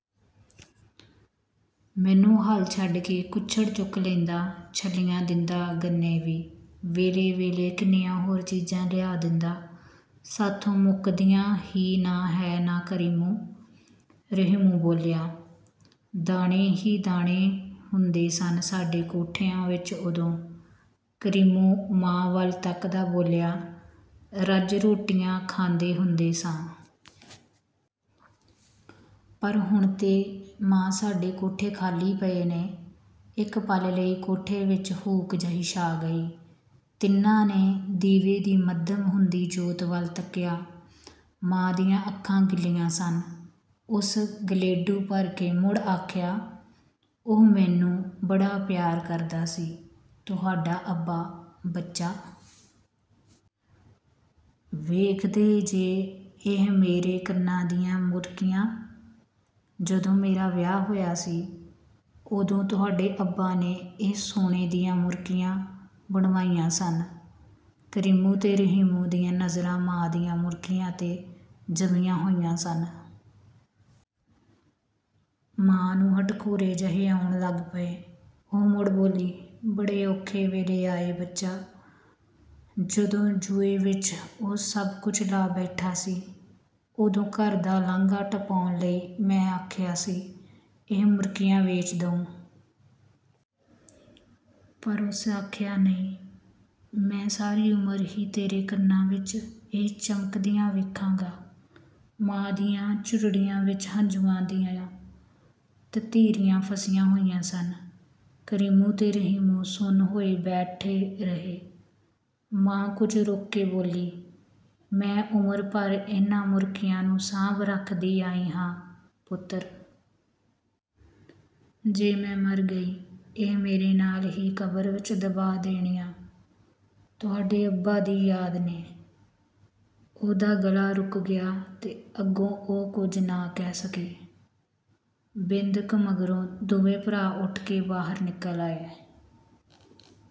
"ਮੈਨੂੰ ਹਲ ਛੱਡ ਕੇ ਕੁੱਛੜ ਚੁੱਕ ਲੈਂਦਾ, ਛੱਲੀਆਂ ਦਿੰਦਾ, ਗੰਨੇ ਵੀ। ਵੇਲੇ-ਵੇਲੇ ਕਿੰਨੀਆਂ ਹੋਰ ਚੀਜ਼ਾਂ ਲਿਆ ਦਿੰਦਾ। ਸਾਥੋਂ ਮੁਕਦੀਆਂ ਹੀ ਨਾ ਹੈ ਨਾ ਕਰੀਮੂ?" ਰਹੀਮੂ ਬੋਲਿਆ। "ਦਾਣੇ ਹੀ ਦਾਣੇ ਹੁੰਦੇ ਸਨ ਸਾਡੇ ਕੋਠਿਆਂ ਵਿੱਚ ਉਦੋਂ", ਕਰੀਮੂ ਮਾਂ ਵੱਲ ਤਕਦਾ ਬੋਲਿਆ, "ਰੱਜ ਰੋਟੀਆਂ ਖਾਂਦੇ ਹੁੰਦੇ ਸਾਂ। ਪਰ ਹੁਣ ਤੇ, ਮਾਂ ਸਾਡੇ ਕੋਠੇ ਖ਼ਾਲੀ ਪਏ ਨੇ। ਇੱਕ ਪਲ ਲਈ ਕੋਠੇ ਵਿੱਚ ਹੂਕ ਜਿਹੀ ਛਾ ਗਈ। ਤਿੰਨਾਂ ਨੇ ਦੀਵੇ ਦੀ ਮੱਧਮ ਹੁੰਦੀ ਜੋਤ ਵੱਲ ਤੱਕਿਆ। ਮਾਂ ਦੀਆਂ ਅੱਖਾਂ ਗਿੱਲੀਆਂ ਸਨ। ਉਸ ਗਲੇਡੂ ਭਰ ਕੇ ਮੁੜ ਆਖਿਆ, "ਉਹ ਮੈਨੂੰ ਬੜਾ ਪਿਆਰ ਕਰਦਾ ਸੀ ਤੁਹਾਡਾ ਅੱਬਾ, ਬੱਚਾ। ਵੇਖਦੇ ਜੇ ਇਹ ਮੇਰੇ ਕੰਨਾਂ ਦੀਆਂ ਮੁਰਕੀਆਂ? ਜਦੋਂ ਮੇਰਾ ਵਿਆਹ ਹੋਇਆ ਸੀ, ਉਦੋਂ ਤੁਹਾਡੇ ਅੱਬਾ ਨੇ ਇਹ ਸੋਨੇ ਦੀਆਂ ਮੁਰਕੀਆਂ ਬਣਵਾਈਆਂ ਸਨ। ਕਰੀਮੂ ਤੇ ਰਹੀਮੂ ਦੀਆਂ ਨਜ਼ਰਾਂ ਮਾਂ ਦੀਆਂ ਮੁਰਕੀਆਂ ਤੇ ਜੰਮੀਆਂ ਹੋਈਆਂ ਸਨ। ਮਾਂ ਨੂੰ ਹਟਕੋਰੇ ਜਿਹੇ ਆਉਣ ਲੱਗ ਪਏ। ਉਹ ਮੁੜ ਬੋਲੀ, "ਬੜੇ ਔਖੇ ਵੇਲੇ ਆਏ, ਬੱਚਾ। ਜਦੋਂ ਜੂਏ ਵਿਚ ਉਹ ਸਭ ਕੁਝ ਲਾ ਬੈਠਾ ਸੀ, ਓਦੋਂ ਘਰ ਦਾ ਲਾਂਘਾ ਟਪਾਣ ਲਈ ਮੈਂ ਆਖਿਆ ਸੀ, ਇਹ ਮੁਰਕੀਆਂ ਵੇਚ ਦਿਉ। ਪਰ ਉਸ ਆਖਿਆ ਨਹੀਂ, ਮੈਂ ਸਾਰੀ ਉਮਰ ਹੀ ਤੇਰੇ ਕੰਨਾਂ ਵਿੱਚ ਇਹ ਲਮਕਦੀਆਂ ਵੇਖਾਂਗਾ।" ਮਾਂ ਦੀਆਂ ਝੁਰੜੀਆਂ ਵਿੱਚ ਹੰਝੂਆਂ ਦੀਆਂ ਤਤੀਰੀਆਂ ਫਸੀਆਂ ਹੋਈਆਂ ਸਨ। ਕਰੀਮੂ ਤੇ ਰਹੀਮੂ ਸੁੰਨ ਹੋਏ ਬੈਠੇ ਰਹੇ। ਮਾਂ ਕੁਝ ਰੁਕ ਕੇ ਬੋਲੀ, "ਮੈਂ ਉਮਰ ਭਰ ਇਹਨਾਂ ਮੁਰਕੀਆਂ ਨੂੰ ਸਾਂਭ ਰਖਦੀ ਆਈ ਹਾਂ, ਪੁੱਤਰ। ਜੇ ਮੈਂ ਮਰ ਗਈ, ਇਹ ਮੇਰੇ ਨਾਲ ਹੀ ਕਬਰ ਵਿੱਚ ਦਬਾ ਦੇਣੀਆਂ, ਤੁਹਾਡੇ ਅੱਬਾ ਦੀ ਯਾਦ ਨੇ।" ਉਹਦਾ ਗਲਾ ਰੁਕ ਗਿਆ ਤੇ ਅੱਗੋਂ ਉਹ ਕੁਝ ਨਾ ਕਹਿ ਸਕੀ। ਬਿੰਦ ਕੁ ਮਗਰੋਂ ਦੋਵੇਂ ਭਰਾ ਉੱਠ ਕੇ ਬਾਹਰ ਨਿਕਲ ਆਏ।